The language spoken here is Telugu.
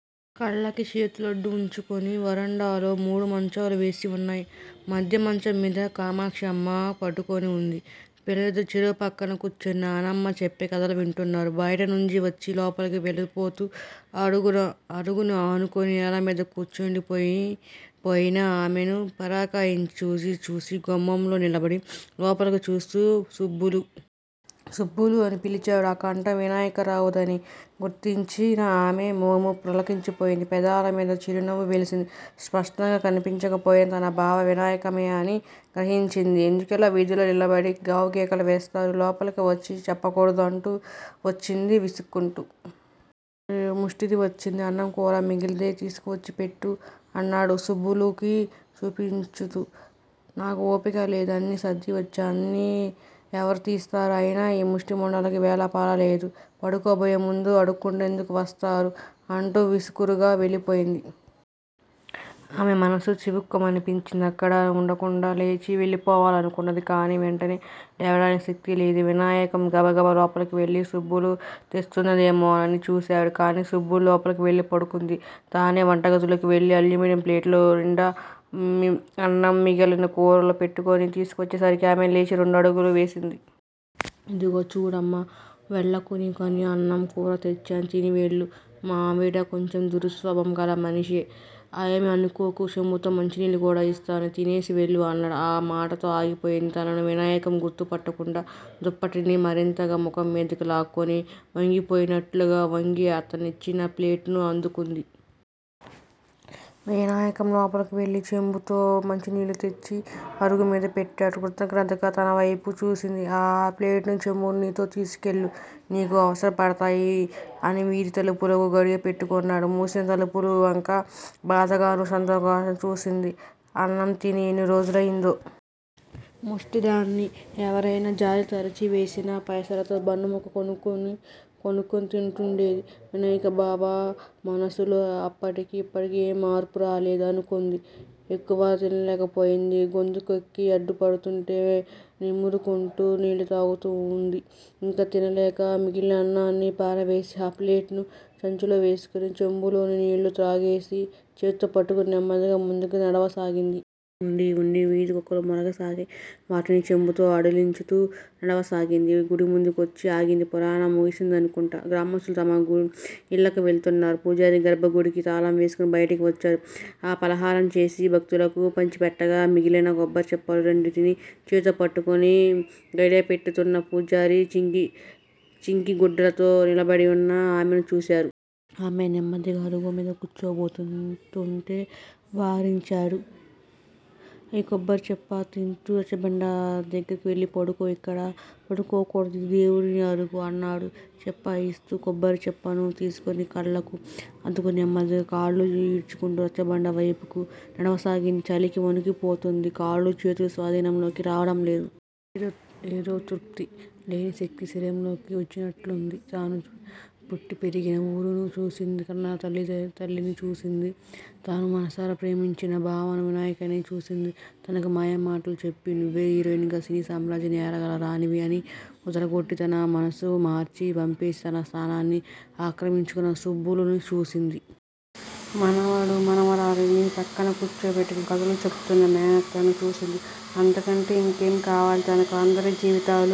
కళ్ళకి చేతులు అడ్డు వుంచుకుని! వరండాలో మూడు మంచాలు వేసి వున్నాయి మధ్య మంచం మీద కామాక్షమ్మ పడుకుని వుంది. పిల్లలిద్దరూ చెరో పక్కనా కూర్చుని నానమ్మ చెప్పే కథని వింటున్నారు బైట నుంచి వచ్చి లోపలికి వెళ్ళబోతూ అరుగుని ఆనుకుని నేలమీద కూర్చుండి పోయిన ఆమెను పరకాయించి చూసి చూసి గుమ్మంలో నిలబడి లోపలికి చూస్తూ- సుబ్బులూ! సుబ్బులూ! అని పిలిచాడు. ఆ కంఠం వినాయకరావుదని గుర్తించిన ఆమె మోము ప్రపుల్లమయిపోయింది. పెదాల మీద చ్రునవ్వు వెలిసింది. స్పష్టంగా కనిపించక పోయినా తన బావ వినాయకమే అని గ్రహించింది. ఎందుకలా వీధిలో నిలబడి గావుకేకలు వేస్తారు? లోపలికి వచ్చి చెప్పకూడదూ? అంటూ వచ్చింది విసుక్కుంటూ! ముస్టిది వచ్చింది. అన్నం కూరా మిగిలితే తీసుకువచ్చి పెట్టు! అన్నాడు సుబ్బులుకి చూపించుతూ. నాకు ఓపిక లేదు! అన్నీ సర్ది వచ్చాను. అవన్నీ ఎవరు తీస్తారు? అయినా ఈ ముష్టి ముండలకి వేళాపాళా లేదు! పడుకోబోయే ముందు అడుక్కునేటందుకు వస్తారు అంటూ విసురుగా వెళ్ళి పోయింది. ఆమె మనసు చివుక్కుమనిపించింది. అక్కడ వుండకుండా లేచి వెళ్లిపోవాలనుకున్నది గాని వెంటనే లేవటానికి శక్తి లేదు! వినాయకం గబగబా లోపలికి వెళ్ళి సుబ్బులు తెస్తున్నదేమోనని చూశాడు. కాని సుబ్బులు లోపలికి వెళ్ళి పడుకుంది. తనే వంట ఇంటిలోకి వెళ్ళి అల్యూమినియం ప్లేటు నిండా అన్నం, మిగిలిన కూరా పెట్టుకుని తీసుకొచ్చేసరికి ఆమె లేచి రెండు అడుగులు వేసింది. ఇదిగో! చూడమ్మా! వెళ్ళకు! నీకని అన్నం కూరా తెచ్చాను తిని వెళ్ళు! మా ఆవిడ కొంచెం దురుసు స్వభావం గల మనిషిలే! ఏమీ అనుకోకు! చెంబుతో మంచినీళ్ళు కూడా యిస్తాను. తినేసి వెళ్ళు! అన్నాడు. ఆ మాటతో ఆగిపోయింది. తనను వినాయకం గుర్తు పట్టకుండా దుప్పటిని మరింతగా ముఖం మీదకి లాక్కుని వంగిపోయినట్లుగా వంగి అతనిచ్చిన ప్లేటుని అందుకుంది. వినాయకం లోపలికి వెళ్ళి చెంబుతో మంచినీళ్ళు తెచ్చి అరుగుమీద పెట్టాడు. కృతజ్ఞతగా అతని వైపుకి చూసింది ఆ ప్లేటుని చెంబుని నీతో తీసుకెళ్ళు! నీకు అవసర పడతాయి! అని వీధి తలుపుకి గడియ పెట్టుకున్నాడు. మూసినా తలుపుల వంక బాధగానూ, సంతోషంగానూ చూసింది. అన్నంతిని ఎన్నిరోజులయిందో? ముష్టిదాని ఎవరయినా జాలి తలిచి వేసిన పైసలుతో బన్నుకొనుక్కుని తింటుండేది! వినాయకంబావ మనసులో అప్పటికీ ఇప్పటికీ ఏం మార్పురాలేదు! అనుకుంది. ఎక్కువ తినలేకపోయింది. గొంతుక్కి అడ్డుపడుతుంటే నిమురుకుంటూ నీళ్ళుత్రాగుతూవుంది. యింక తినలేక మిగిలిన అన్నాన్ని పారవేసి ఆ ప్లేటుని సంచిలోవేసుకుని చెంబులోని నీళ్ళనుత్రాగేసి చేత్తో పట్టుకుని నెమ్మదిగా ముందుకి నడవసాగింది. వుండీవుండీ వీధికుక్కలు మొరగసాగాయి. వాటిని చెంబుతో అడిలించుతూ నడవసాగింది. గుడిముందుకివచ్చి ఆగిపోయింది. పురాణం ముగుసిందనుకుంటా! గ్రామస్తులు తమ ఇళ్ళకి వెళుతున్నారు. పూజారి గర్భగుడికి తాళం వేసుకుని బయటికి వచ్చాడు. ఫలహారంచేసి భక్తులకు పంచిపెట్టగా మిగిలిన కొబ్బరిచిప్పలు రెండింటిని చేతితోపట్టుకుని గడియపెడుతున్న పూజారి చింకిగుడ్డలతో నిలబడివున్న ఆమెను చూశాడు. ఆమె నెమ్మదిగా అరుగుమీద కూర్చోబోతుంటే వారించాడు. ఈ కొబ్బరిచిప్ప తింటూ రచ్చబండ దగ్గిరకు వెళ్ళి పడుకో! యిక్కడ పడుకోకూడదు. యిది దేవుని అరుగు! అన్నాడు చిప్పయిస్తూ! కొబ్బరిచిప్పను తీసుకుని కళ్ళకు అద్దుకుని నెమ్మదిగా కాళ్ళు ఈడ్చుకుంటూ రచ్చబండవైపుకి నడవసాగింది. చలికి వణికిపోతోంది! కాళ్ళూ, చేతులూ స్వాధీనంలోకి రావటంలేదు! ఏదో తృప్తి! లేనిశక్తి శరీరంలోకి వచ్చినట్లయింది! తను పుట్టిపెరిగిన ఊరుని చూసింది. కన్నతల్లినిచూసింది. తను మనసారా ప్రేమించినబావ వినాయకనై చూసింది. తనకి మాయమాటలు చెప్పి నువ్వే హీరోయిన్ గా సినీ సామ్రాజ్యాన్ని ఏలగల రాణివి! అని ఊదరగొట్టి తన మనసునిమార్చి పంపేసి తన స్థానాన్ని ఆక్రమించుకున సుబ్బులుని చూసింది. మనవడు, మనవరాలిని పక్కన కూర్చోబెట్టుకుని కథలుచెపుతున్న మేనత్తను చూసింది. అంతకంటే యింకేంకావాలి తనకు? అందరి జీవితాలూ